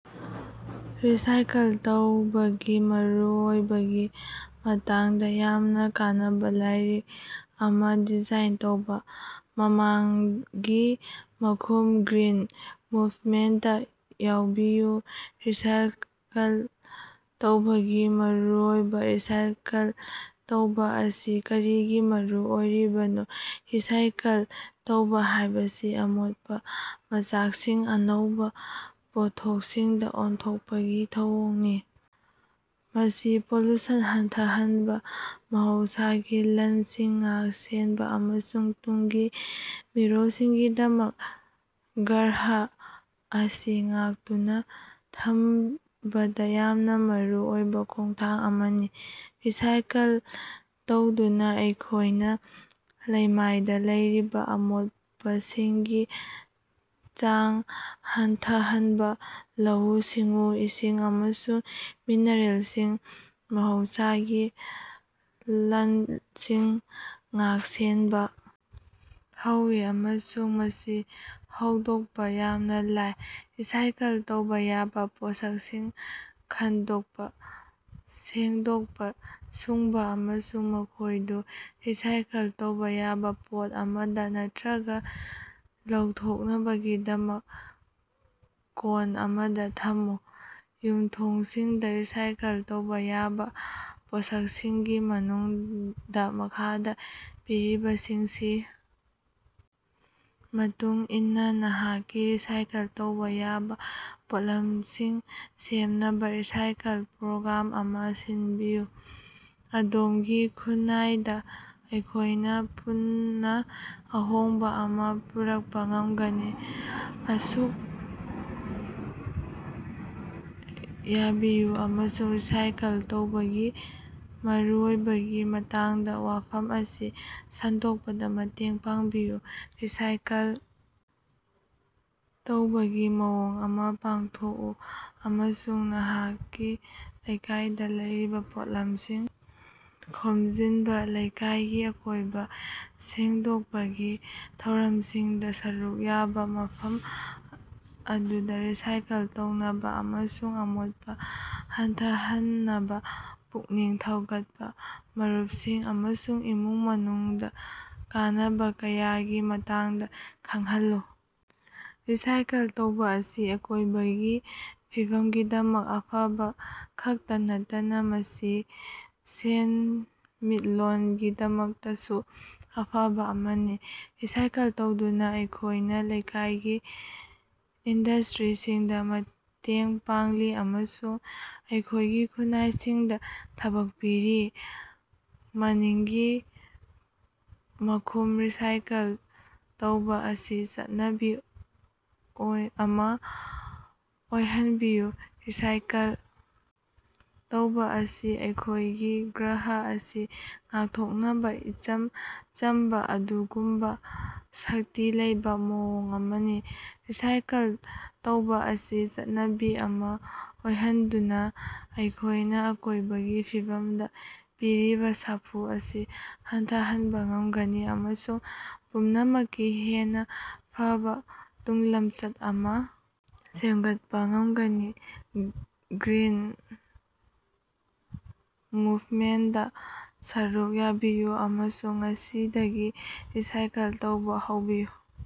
Recycle ꯇꯧꯕꯒꯤ ꯃꯔꯨꯑꯣꯏꯕꯒꯤ ꯃꯇꯥꯡꯗ ꯌꯥꯝꯅ ꯀꯥꯟꯅꯕ ꯂꯥꯏꯔꯤꯛ ꯑꯃ ꯗꯤꯖꯥꯏꯟ ꯇꯧꯕꯥ꯫ ꯃꯃꯥꯡꯒꯤ ꯃꯈꯨꯝ ꯒ꯭ꯔꯤꯟ ꯃꯨꯕꯃꯦꯟꯇꯇꯥ ꯌꯥꯎꯕꯤꯌꯨ ꯔꯤꯁꯥꯏꯀꯜ ꯇꯧꯕꯒꯤ ꯃꯔꯨꯑꯣꯏꯕꯥ ꯔꯤꯁꯥꯏꯀꯜ ꯇꯧꯕꯥ ꯑꯁꯤ ꯀꯔꯤꯒꯤ ꯃꯔꯨ ꯑꯣꯏꯔꯤꯕꯅꯣ ꯔꯤꯁꯥꯏꯀꯜ ꯇꯧꯕꯥ ꯍꯥꯢꯕꯁꯤ ꯑꯃꯣꯠꯄ ꯃꯆꯥꯛꯁꯤꯡ ꯑꯅꯧꯕ ꯄꯣꯠꯊꯣꯛꯁꯤꯡꯗ ꯑꯣꯟꯊꯣꯛꯄꯒꯤ ꯊꯧꯑꯣꯡꯅꯤ꯫ ꯃꯁꯤ ꯄꯣꯂꯨꯁꯟ ꯍꯟꯊꯍꯟꯕ ꯃꯍꯧꯁꯥꯒꯤ ꯂꯟꯁꯤꯡ ꯉꯥꯛ-ꯁꯦꯟꯕ ꯑꯃꯁꯨꯡ ꯇꯨꯡꯒꯤ ꯃꯤꯔꯣꯜꯁꯤꯡꯒꯤꯗꯃꯛ ꯒ꯭ꯔꯍ ꯑꯁꯤ ꯉꯥꯛꯇꯨꯅꯥ ꯊꯝꯕꯗ ꯌꯥꯝꯅ ꯃꯔꯨ ꯑꯣꯏꯕꯥ ꯈꯣꯡꯊꯥꯡ ꯑꯃꯅꯤ꯫ ꯔꯤꯁꯥꯏꯀꯜ ꯇꯧꯗꯨꯅꯥ ꯑꯩꯈꯣꯢꯅ ꯂꯩꯃꯥꯏꯗ ꯂꯩꯔꯤꯕ ꯑꯃꯣꯠꯄꯁꯤꯡꯒꯤ ꯆꯥꯡ ꯍꯟꯊꯍꯟꯕ ꯂꯧꯎ-ꯁꯤꯡꯎ ꯏꯁꯤꯡ ꯑꯃꯁꯨꯡ ꯃꯤꯅꯔꯦꯜꯁꯤꯡ ꯃꯍꯧꯁꯥꯒꯤ ꯂꯟꯁꯤꯡ ꯉꯥꯛ-ꯁꯦꯟꯕ ꯍꯧꯏ ꯑꯃꯁꯨꯡ ꯃꯁꯤ ꯍꯧꯗꯣꯛꯄꯥ ꯌꯥꯝꯅꯥ ꯂꯥꯏ꯫ ꯔꯤꯁꯥꯏꯀꯜ ꯇꯧꯕꯥ ꯌꯥꯕꯥ ꯄꯣꯠꯁꯛꯁꯤꯡ ꯈꯟꯗꯣꯛꯄ ꯁꯦꯡꯗꯣꯛꯄ ꯁꯨꯡꯕ ꯑꯃꯁꯨꯡ ꯃꯈꯣꯢꯗꯨ ꯔꯤꯁꯥꯏꯀꯜ ꯇꯧꯕꯥ ꯌꯥꯕ ꯄꯣꯠ ꯑꯃꯗ ꯅꯠꯇ꯭ꯔꯒ ꯂꯧꯊꯣꯛꯅꯕꯒꯤꯗꯃꯛ ꯀꯣꯟ ꯑꯃꯗ ꯊꯝꯃꯨ꯫ ꯌꯨꯝꯊꯣꯡꯁꯤꯡꯗ ꯔꯤꯁꯥꯏꯀꯜ ꯇꯧꯕꯥ ꯌꯥꯕꯥ ꯄꯣꯠꯁꯛꯁꯤꯡꯒꯤ ꯃꯅꯨꯡꯗꯥ ꯃꯈꯥꯗꯥ ꯄꯤꯔꯤꯕꯁꯤꯡꯁꯤ ꯃꯇꯨꯡ ꯏꯟꯅ ꯅꯍꯥꯛꯀꯤ ꯔꯤꯁꯥꯏꯀꯜ ꯇꯧꯕꯥ ꯌꯥꯕ ꯄꯣꯠꯂꯝꯁꯤꯡ ꯁꯦꯝꯅꯕ ꯔꯤꯁꯥꯏꯀꯜ ꯄ꯭ꯔꯣꯒ꯭ꯔꯥꯝ ꯑꯃ ꯁꯤꯟꯕꯤꯎ꯫ ꯑꯗꯣꯝꯒꯤ ꯈꯨꯟꯅꯥꯏꯗ ꯑꯩꯈꯣꯢꯅ ꯄꯨꯟꯅ ꯑꯍꯣꯡꯕ ꯑꯃ ꯄꯨꯔꯛꯄ ꯉꯝꯒꯅꯤ꯫ ꯁꯔꯨꯛ ꯌꯥꯕꯤꯌꯨ ꯑꯃꯁꯨꯡ ꯔꯤꯁꯥꯏꯀꯜ ꯇꯧꯕꯒꯤ ꯃꯔꯨꯑꯣꯏꯕꯒꯤ ꯃꯇꯥꯡꯗ ꯋꯥꯐꯝ ꯑꯁꯤ ꯁꯟꯗꯣꯛꯄꯗ ꯃꯇꯦꯡ ꯄꯥꯡꯕꯤꯌꯨ ꯔꯤꯁꯥꯏꯀꯜ ꯇꯧꯕꯒꯤ ꯊꯧꯑꯣꯡ ꯑꯃ ꯄꯥꯡꯊꯣꯛꯎ ꯑꯃꯁꯨꯡ ꯅꯍꯥꯛꯀꯤ ꯂꯩꯀꯥꯏꯗ ꯂꯩꯔꯤꯕꯥ ꯄꯣꯠꯂꯝꯁꯤꯡ ꯈꯣꯝꯖꯤꯟꯕ ꯂꯩꯀꯥꯏꯒꯤ ꯑꯀꯣꯏꯕ ꯁꯦꯡꯗꯣꯛꯄꯒꯤ ꯊꯧꯔꯝꯁꯤꯡꯗ ꯁꯔꯨꯛ ꯌꯥꯕ ꯃꯐꯝ ꯑꯗꯨꯗ ꯔꯤꯁꯥꯏꯀꯜ ꯇꯧꯅꯕꯥ ꯑꯃꯁꯨꯡ ꯑꯃꯣꯠꯄꯥ ꯍꯟꯊꯍꯟꯅꯕꯥ ꯄꯨꯛꯅꯤꯡ ꯊꯧꯒꯠꯄꯥ ꯃꯔꯨꯄꯁꯤꯡ ꯑꯃꯁꯨꯡ ꯏꯃꯨꯡ ꯃꯅꯨꯡꯗꯥ ꯀꯥꯟꯅꯕ ꯀꯌꯥꯒꯤ ꯃꯇꯥꯡꯗꯥ ꯈꯡꯍꯟꯂꯨ꯫ ꯔꯤꯁꯥꯏꯀꯜ ꯇꯧꯕꯥ ꯑꯁꯤ ꯑꯀꯣꯢꯕꯒꯤ ꯐꯤꯕꯝꯒꯤꯗꯃꯛ ꯑꯐꯕꯥ ꯈꯛꯇꯥ ꯅꯠꯇꯅ ꯃꯁꯤ ꯁꯦꯟꯃꯤꯠꯂꯣꯟꯒꯤꯗꯃꯛꯇꯁꯨ ꯑꯐꯕ ꯑꯃꯅꯤ꯫ ꯔꯤꯁꯥꯏꯀꯜ ꯇꯧꯗꯨꯅꯥ ꯑꯩꯈꯣꯢꯅ ꯂꯩꯀꯥꯏꯒꯤ ꯏꯟꯗꯁꯇ꯭ꯔꯤꯁꯤꯡꯗ ꯃꯇꯦꯡ ꯄꯥꯡꯂꯤ ꯑꯃꯁꯨꯡ ꯑꯩꯈꯣꯢꯒꯤ ꯈꯨꯟꯅꯥꯏꯁꯤꯡꯗ ꯊꯕꯛ ꯄꯤꯔꯤ꯫ ꯃꯅꯤꯡꯒꯤ ꯃꯈꯨꯝ ꯔꯤꯁꯥꯏꯀꯜ ꯇꯧꯕꯥ ꯑꯁꯤ ꯆꯠꯅꯕꯤ ꯑꯃꯥ ꯑꯣꯏꯍꯟꯕꯤꯌꯨ ꯔꯤꯁꯥꯏꯀꯜ ꯇꯧꯕꯥ ꯑꯁꯤ ꯑꯩꯈꯣꯢꯒꯤ ꯒ꯭ꯔꯍ ꯑꯁꯤ ꯉꯥꯛꯊꯣꯛꯅꯕ ꯏꯆꯝ ꯆꯝꯕ ꯑꯗꯨꯒꯨꯝꯕ ꯁꯛꯇꯤ ꯂꯩꯕꯥ ꯃꯑꯣꯡ ꯑꯃꯅꯤ꯫ ꯔꯤꯁꯥꯏꯀꯜ ꯇꯧꯕꯥ ꯑꯁꯤ ꯆꯠꯅꯕꯤ ꯑꯃ ꯑꯣꯏꯍꯟꯗꯨꯅ ꯑꯩꯈꯣꯢꯅ ꯑꯀꯣꯢꯕꯒꯤ ꯐꯤꯕꯝꯗ ꯄꯤꯔꯤꯕ ꯁꯥꯐꯨ ꯑꯁꯤ ꯍꯟꯊꯍꯟꯕ ꯉꯝꯒꯅꯤ ꯑꯃꯁꯨꯡ ꯄꯨꯝꯅꯃꯛꯀꯤ ꯍꯦꯟꯅ ꯐꯕ ꯇꯨꯡꯂꯝꯆꯠ ꯑꯃ ꯁꯦꯝꯒꯠꯄ ꯉꯝꯒꯅꯤ꯫ ꯒ꯭ꯔꯤꯟ ꯃꯣꯚꯦꯃꯦꯟꯠ ꯁꯔꯨꯛ ꯌꯥꯕꯤꯌꯨ ꯑꯃꯁꯨꯡ ꯉꯁꯤꯗꯒꯤ ꯔꯤꯁꯥꯏꯀꯜ ꯇꯧꯕꯥ ꯍꯧꯕꯤꯌꯨ꯫